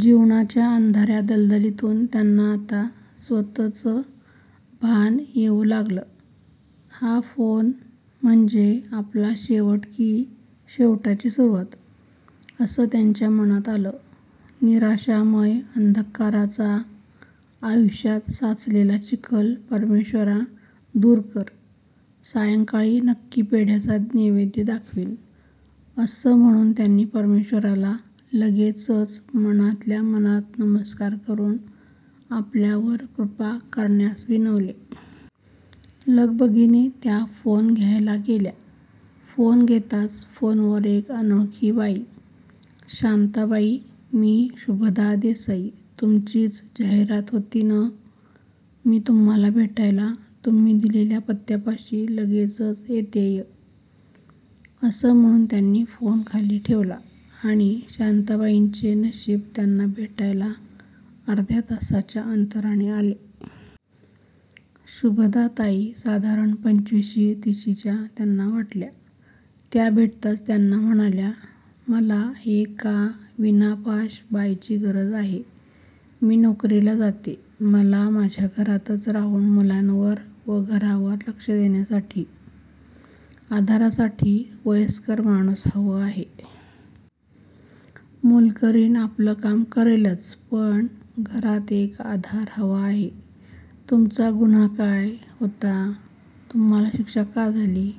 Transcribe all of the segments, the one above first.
जीवनाच्या अंधा-या दलदलीतून त्यांना आता स्वतचं भान येऊ लागलं. हा फोन म्हनजे आपला शेवट की शेवटाची सुरुवात? असं त्यांच्या मनांत आलं. "निराशामय अंघकाराचा आयुष्यात साचलेला चिखल परमेश्वरा दूर कर. सायंकाळी नक्की पेढ्याचा नैवेद्य दाखावीन" असं म्हणून त्यांनी परमेश्वराला लगेचच मनातल्या मनात नमस्कार करून आपल्यावर कृपा करण्यास विनवले. लगबगीने त्या फोन घ्यायला गेल्या. फोन घेताच फोनवर एक अनोळखी बाई, "शांताबाई, मी शुभदा देसाई तुमचीच जाहिरात होती नं, मी तुम्हाला भेटायला तुम्ही दिलेल्या पत्त्यापाशी लगेचच येतेय. " असं म्हणून त्यांनी फोन खाली ठेवला आणि शांताबाईंचे नशीब त्यांना भेटायला अर्ध्या तासाच्या अंतराने आले. शुभदाताई साधारण पंचविशी / तिशीच्या त्यांना वाटल्या. त्या भेटताच त्यांना म्हणाल्या, "मला एका विनापाश बाईची गरज आहे. मी नोकरीला जाते. मला माझ्या घरातच राहून मुलांवर व घरावर लक्ष देण्यासाठी. आधारासाठी वयस्कर माणूस हवं आहे. मोलकरीण आपलं काम करेलच. पण घरात एक आधार हवा आहे. तुमचा गुन्हा काय होता? तुम्हाला शिक्षा का झाली?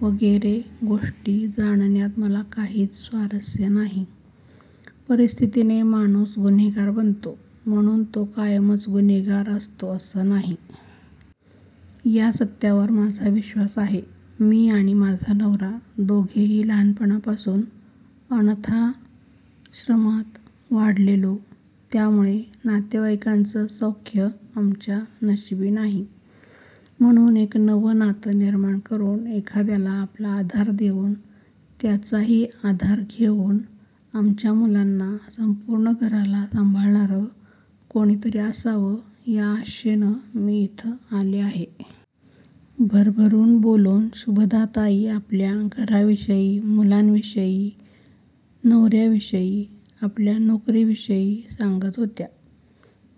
वगैरे गोष्टी जाणण्यात मला काहीच स्वारस्य नाही. परिस्थितीने माणूस गुन्हेगार बनतो. म्हणून तो कायमच गुन्हेगार असतो असं नाही. या सत्यावर माझा विश्वास आहे. मी आणि माझा नवरा दोघेही लहानपणापासून अनथाश्रमात वाढलेलो. त्यामुळे नातेवाईंकाचं सौख्य आमच्या नशिबी नाही. म्हणून एक नवं नातं निर्माण करून, एखाद्याला आपला आधार देऊन, त्याचाही आधार घेऊन आमच्या मुलांना, संपूर्ण घराला सांभाळणारं कोणीतरी असावं या आशेनं मी इथं आले आहे. " भरभरून बोलून शुभदाताई आपल्या घराविषयी, मुलांविषयी, नव-याविषयी, आपल्या नोकरीविषयी सांगत होत्या.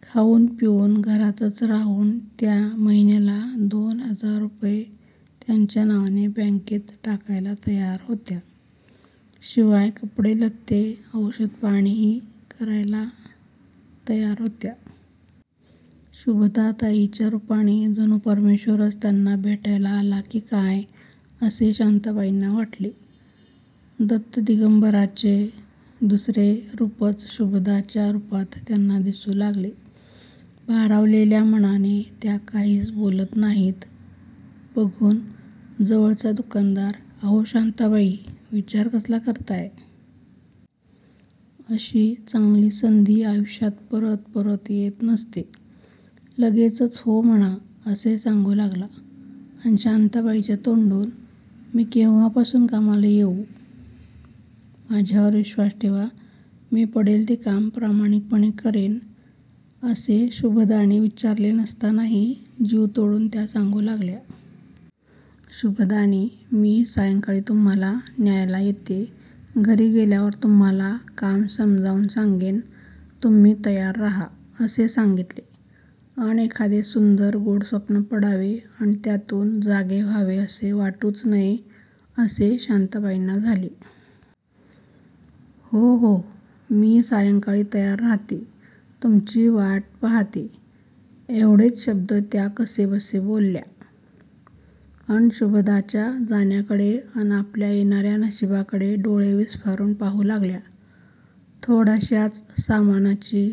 खाऊन पिऊन घरातच राहून त्या महिन्याला दोन हजार रुपये त्यांच्या नावाने बकेत टाकायला तयार होत्या. शिवाय कपडेलत्ते, औषधपाणीही करायला तयार होत्या. शुभदाताईच्या रुपाने जणू परमेश्वरच त्यांना भेटायला आला की काय असे शांताबाईंना वाटले. दत्तदिगंबराचे दुसरे रुपच शुभदाच्या रुपात त्यांना दिसू लागले. भारावलेल्या मनाने त्या काहीच बोलत नाहीत बघून जवळचा दुकानदार, "अहो शांताबाई, विचार कसला करताय? अशी चांगली संधी आयुष्यात परत परत येत नसते. लगेचच हो म्हणा. " असे सांगू लागला. अन शाताबाईंच्या तोंडून "मी केव्हापासून कामाला येऊ? माझ्यावर विश्वास ठेवा, मी पडेल ते काम प्रामाणिकपणे करेन. " असे शुभदाने विचारले नसतानाही जीव तोडून त्या सांगू लागल्या. शुभदाने, "मी सायंकाळी तुम्हाला न्यायला येते, घरी गेल्यावर तुम्हाला काम समजावून सांगेन. तुम्ही तयार रहा. " असे सांगितले. अन् एखादे सुंदर, गोड स्वप्न पडावे अन त्यातून जागे व्हावे असे वाटूच नये असे शांताबाईंना झाले. "हो, हो, मी सायंकाळी तयार रहाते, तुमची वाट पहाते. " एव्हढेच शब्द त्या कसेबसे बोलल्या. अन शुभदाच्या जाण्याकडे अन आपल्या येणा-या नशिबाकडे डोळे विस्फारून पाहू लागल्या. थोड्याशाच सामानाची--